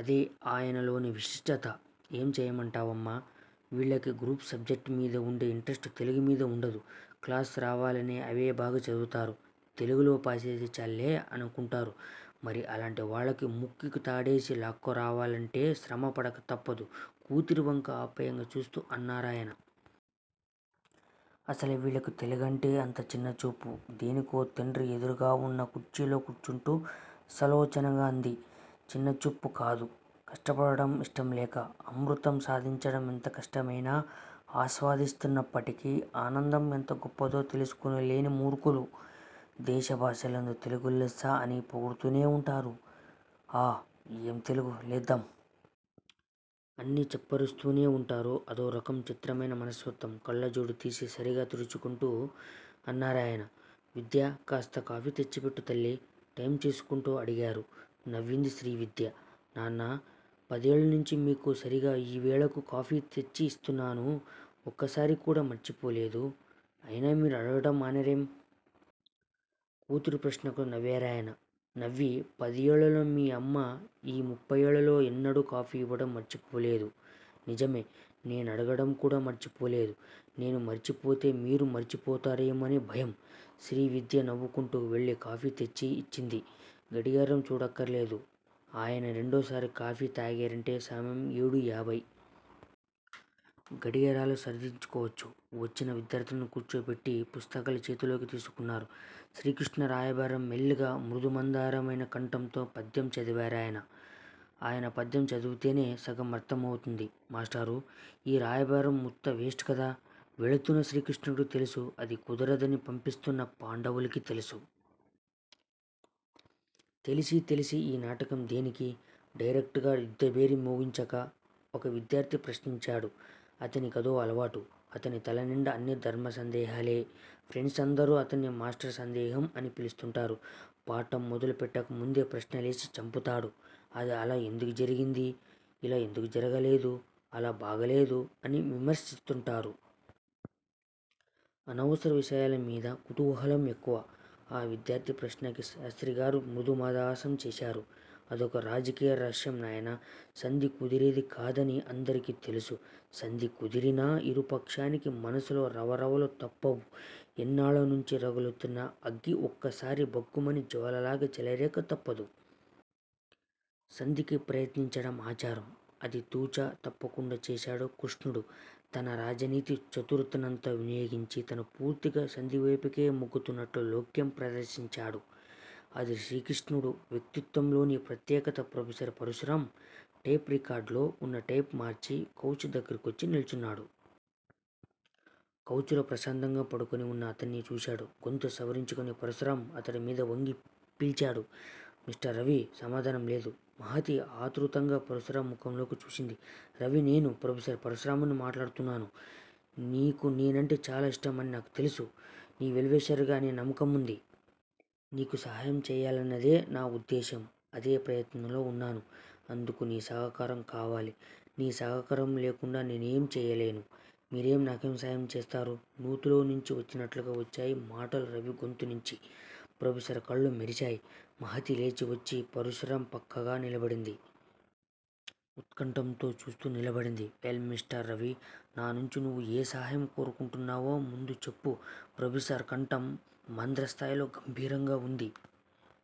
అదే ఆయనలోని విశిష్టత! ఏం చెయ్యమంటావమ్మా. వీళ్ళకి గ్రూప్ సబ్జెక్ట్ మీద వుండే యింట్రస్టు తెలుగుమీద వుండదు. క్లాస్ రావాలని అవే బాగా చదువుతారు. తెలుగులో పాసైతే చాల్లే అనుకుంటారు. మరి అలాంటి వాళ్ళకి ముక్కుకి తాడేసి లాక్కురావాలంటే శ్రమ పడక తప్పదు కూతురివంక ఆప్యాయంగా చూస్తూ అన్నారాయన. అసలు వీళ్ళకి తెలుగంటే అంత చిన్నచూపు దేనికో తండ్రి ఎదురుగావున్న కుర్చీలో కూర్చుంటూ సాలోచనగా అంది. చిన్నచూపు కాదు. కష్టపడటం యిష్టంలేక. అమృతం సాధించడం ఎంతకష్టమైనా ఆస్వాదిస్తున్నప్పటి ఆనందం ఎంత గొప్పదో తెలుసుకోలేని మూర్ఖులు. దేశ భాషలందు తెలుగు లెస్స అని పొగుడుతూనే వుంటారు. ఆ ఏం తెలుగు లెద్దామ్! అన్ని చప్పరిస్తూనే వుంటారు. అదోరకం చిత్రమైన మనస్తత్వం కళ్ళజోడుతీసి సరిగా తుడుచుకుంటూ అన్నారాయన. విద్యా కాస్త కాఫీ తెచ్చిపెట్టు తల్లీ! టైమ్ చూసుకుంటూ అడిగారు. నవ్వింది శ్రీవిద్య. నాన్నా! పదేళ్ళనుంచి మీకు సరీగా యీవేళకు కాఫీ తెచ్చి యిస్తున్నాను. ఒక్కసారికూడా మర్చిపోలేదు. అయినా మీరు అడగటం మానరేం? కూతురి ప్రశ్నకు నవ్వారాయన. నువ్వీ పదేళ్ళలో మీ అమ్మ యీ ముప్పయ్యేళ్ళల్లో ఎన్నడూ కాఫీ ఇవ్వటం మర్చిపోలేదు. నిజమే నేను అడగటం కూడా మర్చిపోలేదు. నేను మరిచిపోతే మీరూ మరిచిపోతారేమోనని భయం. శ్రీవిద్య నవ్వుకుంటూ వెళ్ళి కాఫీ తెచ్చి యిచ్చింది. గడియారం చూడక్కర్లేదు. ఆయన రెండోసారి కాఫీ తాగారంటే సమయం ఏడూ యాభై. గడియారాలు సరిదిద్దుకోవచ్చు. వచ్చిన విద్యార్ధులని కూచోబెట్టి పుస్తకం చేతిలోకి తీసుకున్నారు. శ్రీకృష్ణరాయబారం మెల్లిగా మృదుమందారమైన కంఠంతో పద్యం చదివారాయన. ఆయన పద్యం చదివితేనే సగం అర్ధమైపోతుంది. మాస్టారూ! యీ రాయబారం వుత్త వేస్టే కదా! వెళుతున్న శ్రీకృష్ణుడికీ తెలుసు అది కుదరదని పంపిస్తున్న పాండవులకీ తెలుసు. తెలిసి తెలిసీ యీ నాటకం దేనికి? డైరక్టుగా యుద్ధభేరీ మోగించక? ఒక విద్యార్ధి ప్రశ్నించాడు. అతని కదో అలవాటు. అతని తలనిండా అన్నీ ధర్మసందేహాలే. ఫ్రండ్సందరూ అతన్ని మాస్టర్ సందేహం అని పిలుస్తుంటారు. పాఠం మొదలుపెట్టకముందే ప్రశ్నలేసి చంపుతారు. 'అది అలా ఎందుకు జరిగింది? ఇలా ఎందుకు జరగలేదు; అలా బాగలేదు' అని విమర్శిస్తుంటాడు. అనవసర విషయాలమీద కుతూహలం ఎక్కువ. ఆ విద్యార్ధి ప్రశ్నకి శాస్త్రిగారు మృదుమదహాసం చేశారు. అదొక రాజకీయ రహస్యం నాయనా! సంధి కుదిరేది కాదని అందరికీ తెలుసు. సంధి కుదిరినా యిరుపక్షానికీ మనసులో రవరవలు తప్పవు. ఎన్నాళ్ళనుంచో రగులుతున్న అగ్ని ఒక్కసారి భగ్గుమని జ్వాలలాగా చెలరేగక తప్పదు. సంధికి ప్రయత్నించటం ఆచారం. అది తు. చ. తప్పకుండా చేశాడు కృష్ణుడు. తన రాజనీతి చతురతనంతా వినియోగించి తను పూర్తిగా సంధివేపుకే మొగ్గుతున్నట్లు లౌక్యం ప్రదర్శించాడు. అది శ్రీకృష్ణుడి వ్యక్తిత్వంలోని ప్రత్యేకత ప్రొఫెసర్ పరశురాం, టేప్ రికార్డర్ లో వున్న టేప్ మార్చి కౌచ్ దగ్గరకొచ్చి నిల్చున్నాడు. కౌచ్ లో ప్రశాంతంగా పడుకొని వున్న అతన్ని చూశాడు. గొంతుసవరించుకొని పరశురాం అతడిమీద వంగి పిల్చాడు. మిస్టర్ రవి సమాధానం లేదు. మహతి ఆతృతంగా పరశురాం ముఖంలోకి చూసింది. రవి నేను ప్రొఫెసర్ పరశురాంను మాట్లాడుతున్నాను. నీకు నేనంటే చాలాఇష్టం అని నాకు తెలుసు. నీ వెల్ విషర్ గా అనే నమ్మకం ఉంది. నీకు సహాయం చెయ్యాలనేదేనా ఉద్దేశ్యం. అదే ప్రయత్నంలో ఉన్నాను. అందుకు నీ సహకారం కావాలి. నీ సహకారం లేకుండా నేనేం చెయ్యలేను. మీరు నాకేం సహాయం చేస్తారూ నూతిలో నుంచివచ్చినట్టుగా వచ్చాయి మాటలు రవి గొంతు నుంచి. ప్రొఫెసర్ కళ్ళు మెరిశాయి. మహతి లేచివచ్చి పరశురాం పక్కగా నిలబడింది. ఉత్కంఠతో చూస్తూ నిలబడింది. Well mister Ravi! నా నుంచి నువు ఏ సహాయం కోరుకుంటున్నావో ముందుచెప్పు ప్రొఫెసర్ కంఠం మంద్రస్థాయిలో గంభీరంగా వుంది.